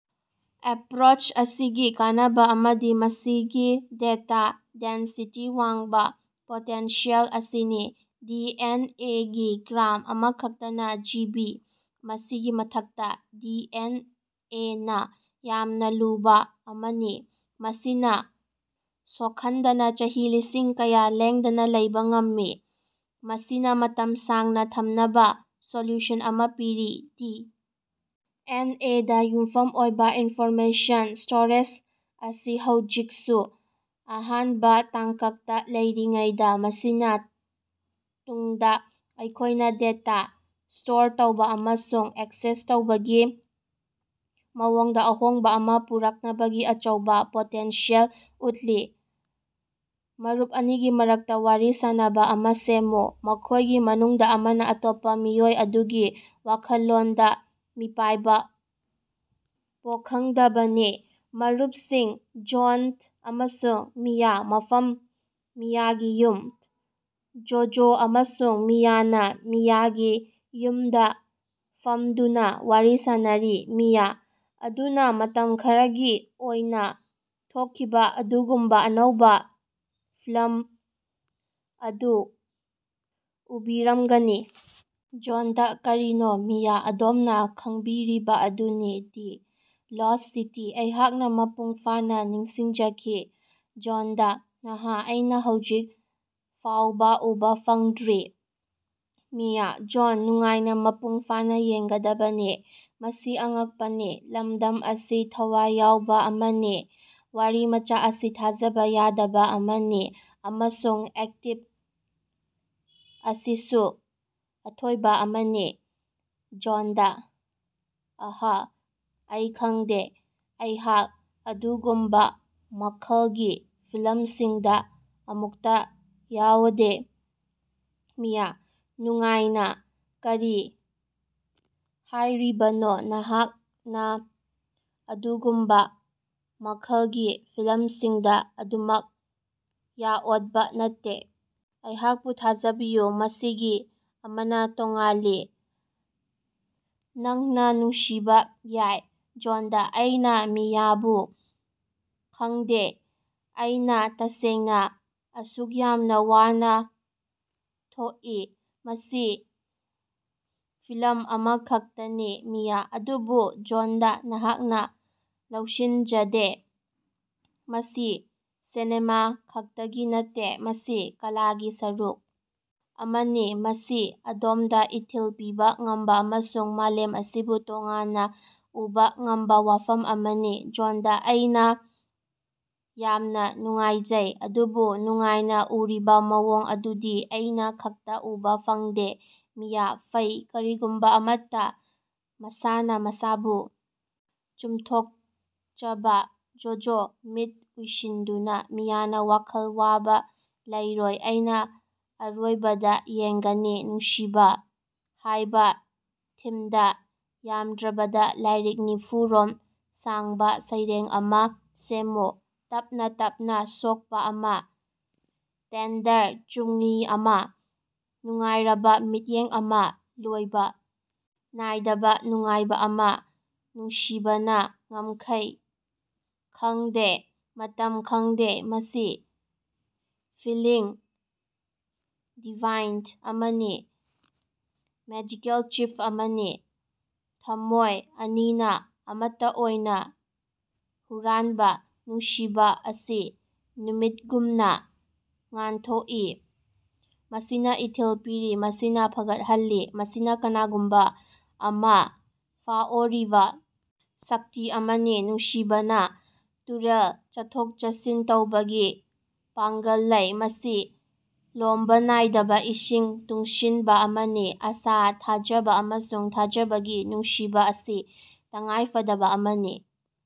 Approach ꯑꯁꯤꯒꯤ ꯀꯥꯟꯅꯕ ꯑꯃꯗꯤ ꯃꯁꯤꯒꯤ ꯗꯇꯥ ꯗꯦꯟꯁꯤꯇꯤ ꯋꯥꯡꯕ ꯄꯣꯇꯦꯟꯁꯤꯌꯦꯜ ꯑꯁꯤꯅꯤ꯫ ꯗꯤ. ꯑꯦꯟ. ꯑꯦ. ꯒꯤ ꯒ꯭ꯔꯥꯝ ꯑꯃꯈꯛꯇꯅꯥ ꯖꯤ. ꯕꯤ. ꯃꯁꯤꯒꯤ ꯃꯊꯛꯇꯥ, ꯗꯤ. ꯑꯦꯟ. ꯑꯦ. ꯅꯥ ꯌꯥꯝꯅ ꯂꯨꯕꯥ ꯑꯃꯅꯤ, ꯃꯁꯤꯅ ꯁꯣꯈꯟꯗꯅꯥ ꯆꯍꯤ ꯂꯤꯁꯤꯡ ꯀꯌꯥ ꯂꯦꯡꯗꯅꯥ ꯂꯩꯕꯥ ꯉꯝꯃꯤ, ꯃꯁꯤꯅꯥ ꯃꯇꯝ ꯁꯥꯡꯅꯥ ꯊꯝꯅꯕꯥ ꯁꯣꯂꯨꯁꯟ ꯑꯃꯥ ꯄꯤꯔꯤ꯫ ꯗꯤ. ꯑꯦꯟ. ꯑꯦ. ꯗꯥ ꯌꯨꯝꯐꯝ ꯑꯣꯏꯕꯥ ꯏꯅꯐꯣꯔꯃꯦꯁꯟ ꯁ꯭ꯇꯣꯔꯦꯖ ꯑꯁꯤ ꯍꯧꯖꯤꯀꯁꯨ ꯑꯍꯥꯅꯕꯥ ꯇꯥꯉ꯭ꯀꯛꯇꯥ ꯂꯩꯔꯤꯉꯩꯗꯥ, ꯃꯁꯤꯅꯥ ꯇꯨꯡꯗꯥ ꯑꯩꯈꯣꯌꯅꯥ ꯗꯦꯇꯥ ꯁ꯭ꯇꯣꯔ ꯇꯧꯕꯥ ꯑꯃꯁꯨꯡ ꯑꯦꯛꯁꯦꯁ ꯇꯧꯕꯒꯤ ꯃꯑꯣꯡꯗꯥ ꯑꯍꯣꯡꯕꯥ ꯑꯃꯥ ꯄꯨꯔꯛꯅꯕꯒꯤ ꯑꯆꯧꯕꯥ ꯄꯣꯇꯦꯟꯁꯤꯌꯦꯜ ꯎꯠꯂꯤ꯫ ꯃꯔꯨꯞ ꯑꯅꯤꯒꯤ ꯃꯔꯛꯇꯥ ꯋꯥꯔꯤ ꯁꯥꯅꯕꯥ ꯑꯃꯥ ꯁꯦꯝꯃꯨ, ꯃꯈꯣꯌꯒꯤ ꯃꯅꯨꯡꯗꯥ ꯑꯃꯅꯥ ꯑꯇꯣꯞꯄꯥ ꯃꯤꯑꯣꯏ ꯑꯗꯨꯒꯤ ꯋꯥꯈꯜꯂꯣꯅꯗꯥ ꯃꯤꯄꯥꯏꯕꯥ ꯄꯣꯈꯉꯗꯕꯅꯤ꯫ ꯃꯔꯨꯄꯁꯤꯡ ꯖꯣꯟ ꯑꯃꯁꯨꯡ ꯃꯤꯌꯥ ꯃꯐꯝ ꯃꯤꯌꯥꯒꯤ ꯌꯨꯝ꯫ ꯖꯣꯖꯣ ꯑꯃꯁꯨꯡ ꯃꯤꯌꯥꯅꯥ ꯃꯤꯌꯥꯒꯤ ꯌꯨꯃꯗꯥ ꯐꯃꯗꯨꯅꯥ ꯋꯥꯔꯤ ꯁꯥꯟꯅꯔꯤ꯫ ꯃꯤꯌꯥ: ꯑꯗꯨꯅꯥ, ꯃꯇꯝ ꯈꯔꯒꯤ ꯑꯣꯏꯅꯥ ꯊꯣꯀꯈꯤꯕꯥ ꯑꯗꯨꯒꯨꯝꯕꯥ ꯑꯅꯧꯕꯥ ꯐꯤꯜꯃ ꯑꯗꯨ ꯎꯕꯤꯔꯃꯒꯅꯤ? ꯖꯣꯟꯗꯥ: ꯀꯅꯥꯅꯣ? ꯃꯤꯌꯥ: ꯑꯗꯣꯝꯅꯥ ꯈꯉꯕꯤꯔꯤꯕꯥ ꯑꯗꯨꯅꯤ, ꯗ ꯂꯣꯁ꯭ꯠ ꯁꯤꯇꯤ꯫ ꯑꯩꯍꯥꯛꯅꯥ ꯃꯄꯨꯡ ꯐꯥꯅꯥ ꯅꯨꯡꯁꯤꯖꯈꯤ꯫ ꯖꯣꯟꯗꯥ: ꯅꯍ, ꯑꯩꯅꯥ ꯍꯧꯖꯤꯛ ꯐꯥꯑꯣꯕꯥ ꯎꯕꯥ ꯐꯪꯗ꯭ꯔꯤ꯫ ꯃꯤꯌꯥ: ꯖꯣꯟ, ꯅꯉꯅꯥ ꯃꯄꯨꯡ ꯐꯥꯅꯥ ꯌꯦꯡꯒꯗꯕꯅꯤ꯫ ꯃꯁꯤ ꯑꯉꯀꯄꯅꯤ꯫ ꯂꯃꯗꯝ ꯑꯁꯤ ꯊꯋꯥꯏ ꯌꯥꯑꯣꯕꯥ ꯑꯃꯅꯤ, ꯋꯥꯔꯤꯃꯆꯥ ꯑꯁꯤ ꯊꯥꯖꯕꯥ ꯌꯥꯗꯕꯥ ꯑꯃꯅꯤ, ꯑꯃꯁꯨꯡ ꯑꯦꯛꯇꯤꯡ ꯑꯁꯤꯁꯨ ꯑꯊꯣꯏꯕꯥ ꯑꯃꯅꯤ꯫ ꯖꯣꯟꯗꯥ: ꯑꯦꯍ, ꯑꯩ ꯈꯉꯗꯦ꯫ ꯑꯩꯍꯥꯛ ꯑꯗꯨꯒꯨꯝꯕꯥ ꯃꯈꯂꯒꯤ ꯐꯤꯜꯃꯁꯤꯡꯗꯥ ꯑꯗꯨꯃꯛ ꯌꯥꯑꯣꯗꯦ꯫ ꯃꯤꯌꯥ: ꯅꯉꯅꯥ ꯀꯔꯤ ꯍꯥꯌꯔꯤꯕꯅꯣ ꯅꯉꯅꯥ ꯑꯗꯨꯒꯨꯝꯕꯥ ꯃꯈꯂꯒꯤ ꯐꯤꯜꯃꯁꯤꯡꯗꯥ ꯑꯗꯨꯃꯛ ꯌꯥꯑꯣꯗꯕꯥ ꯅꯠꯇꯦ? ꯑꯩꯍꯥꯀꯄꯨ ꯊꯥꯖꯕꯤꯌꯨ, ꯃꯁꯤꯒꯤ ꯑꯃꯅꯥ ꯇꯣꯉꯥꯜꯂꯤ꯫ ꯅꯉꯅꯥ ꯅꯨꯡꯁꯤꯕꯥ ꯌꯥꯏ꯫ ꯖꯣꯟꯗꯥ: ꯑꯩꯅꯥ ꯃꯤꯌꯥꯕꯨ ꯈꯉꯗꯦ, ꯑꯩꯅꯥ ꯇꯁꯦꯡꯅꯥ ꯑꯁꯨꯛ ꯌꯥꯝꯅꯥ ꯋꯥꯅꯥ ꯊꯣꯀꯏ꯫ ꯃꯁꯤ ꯐꯤꯜꯃ ꯑꯃꯈꯛꯇꯅꯤ꯫ ꯃꯤꯌꯥ: ꯑꯗꯨꯕꯨ ꯖꯣꯟꯗꯥ, ꯅꯉꯅꯥ ꯂꯧꯁꯤꯅꯖꯗꯦ꯫ ꯃꯁꯤ ꯁꯤꯅꯦꯃꯥ ꯈꯛꯇꯒꯤ ꯅꯠꯇꯦ꯫ ꯃꯁꯤ ꯀꯂꯥꯒꯤ ꯁꯔꯨꯛ ꯑꯃꯅꯤ꯫ ꯃꯁꯤ ꯑꯗꯣꯃꯗꯥ ꯏꯊꯤꯜ ꯄꯤꯕꯥ ꯉꯝꯕꯥ ꯑꯃꯁꯨꯡ ꯃꯥꯂꯦꯝ ꯑꯁꯤꯕꯨ ꯇꯣꯉꯥꯟꯅꯥ ꯎꯕꯥ ꯉꯝꯕꯥ ꯋꯥꯐꯝ ꯑꯃꯅꯤ꯫ ꯖꯣꯟꯗꯥ: ꯑꯩꯅꯥ ꯌꯥꯝꯅꯥ ꯅꯨꯡꯉꯥꯏꯖꯩ, ꯑꯗꯨꯕꯨ ꯅꯉꯅꯥ ꯎꯔꯤꯕꯥ ꯃꯑꯣꯡ ꯑꯗꯨꯗꯤ ꯑꯩꯅꯥ ꯈꯛꯇꯥ ꯎꯕꯥ ꯐꯪꯗꯦ꯫ ꯃꯤꯌꯥ ꯐꯩ, ꯀꯔꯤꯒꯨꯝꯕꯥ ꯑꯃꯠꯇꯥ꯫ ꯃꯁꯥꯅꯥ ꯃꯁꯥꯕꯨ ꯆꯨꯃꯊꯣꯀꯆꯕꯥ꯫ ꯖꯣꯖꯣ (ꯃꯤꯠ ꯎꯏꯁꯤꯟꯗꯨꯅꯥ) ꯃꯤꯌꯥꯅꯥ ꯋꯥꯈꯜ ꯋꯥꯕꯥ ꯂꯩꯔꯣꯏ, ꯑꯩꯅꯥ ꯑꯔꯣꯏꯕꯗꯥ ꯌꯦꯡꯒꯅꯤ꯫ 'ꯅꯨꯡꯁꯤꯕꯥ' ꯍꯥꯌꯕꯥ ꯊꯤꯃꯗꯥ ꯌꯥꯃꯗ꯭ꯔꯕꯗꯥ ꯂꯥꯏꯔꯤꯛ ꯅꯤꯐꯨ ꯔꯣꯝ ꯁꯥꯡꯕꯥ ꯁꯩꯔꯦꯡ ꯑꯃꯥ ꯁꯦꯃꯃꯨ꯫ ꯇꯞꯅꯥ ꯇꯞꯅꯥ ꯁꯣꯀꯄꯥ ꯑꯃꯥ, ꯇꯦꯟꯗꯔ ꯆꯨꯝꯉꯤ ꯑꯃꯥ, ꯅꯨꯡꯉꯥꯏꯔꯕꯥ ꯃꯤꯠꯌꯦꯡ ꯑꯃꯥ, ꯂꯣꯏꯕꯥ ꯅꯥꯏꯗꯕꯥ ꯅꯨꯡꯉꯥꯏꯕꯥ ꯑꯃꯥ, ꯅꯨꯡꯁꯤꯕꯅꯥ ꯉꯃꯈꯩ ꯈꯉꯗꯦ, ꯃꯇꯝ ꯈꯉꯗꯦ, ꯃꯁꯤ ꯐꯤꯜꯂꯤꯡ ꯗꯤꯚꯥꯏꯟ ꯑꯃꯅꯤ, ꯃꯦꯖꯤꯀꯦꯜ ꯆꯤꯝ ꯑꯃꯅꯤ꯫ ꯊꯝꯃꯣꯌ ꯑꯅꯤꯅꯥ ꯑꯃꯠꯇꯥ ꯑꯣꯏꯅꯥ ꯍꯨꯔꯥꯅꯕꯥ, ꯅꯨꯡꯁꯤꯕꯥ ꯑꯁꯤ ꯅꯨꯃꯤꯠꯒꯨꯝꯅꯥ ꯉꯥꯅꯊꯣꯀꯏ, ꯃꯁꯤꯅꯥ ꯏꯊꯤꯜ ꯄꯤꯔꯤ, ꯃꯁꯤꯅꯥ ꯐꯒꯠꯍꯜꯂꯤ, ꯃꯁꯤ ꯀꯅꯥꯒꯨꯝꯕꯥ ꯑꯃꯅꯥ ꯐꯥꯑꯣꯔꯤꯕꯥ ꯁꯛꯇꯤ ꯑꯃꯅꯤ꯫ ꯅꯨꯡꯁꯤꯕꯅꯥ ꯇꯨꯔꯦꯜ ꯆꯠꯊꯣꯛ-ꯆꯠꯁꯤꯟ ꯇꯧꯕꯒꯤ ꯄꯥꯉ꯭ꯒꯜ ꯂꯩ, ꯃꯁꯤ ꯂꯣꯝꯕꯥ ꯅꯥꯏꯗꯕꯥ ꯏꯁꯤꯡ ꯇꯨꯡꯁꯤꯅꯕꯥ ꯑꯃꯅꯤ, ꯑꯥꯁꯥ, ꯊꯥꯖꯕꯥ, ꯑꯃꯁꯨꯡ ꯊꯥꯖꯕꯒꯤ, ꯅꯨꯡꯁꯤꯕꯥ ꯑꯁꯤ ꯇꯉꯥꯏꯐꯗꯕꯥ ꯑꯃꯅꯤ꯫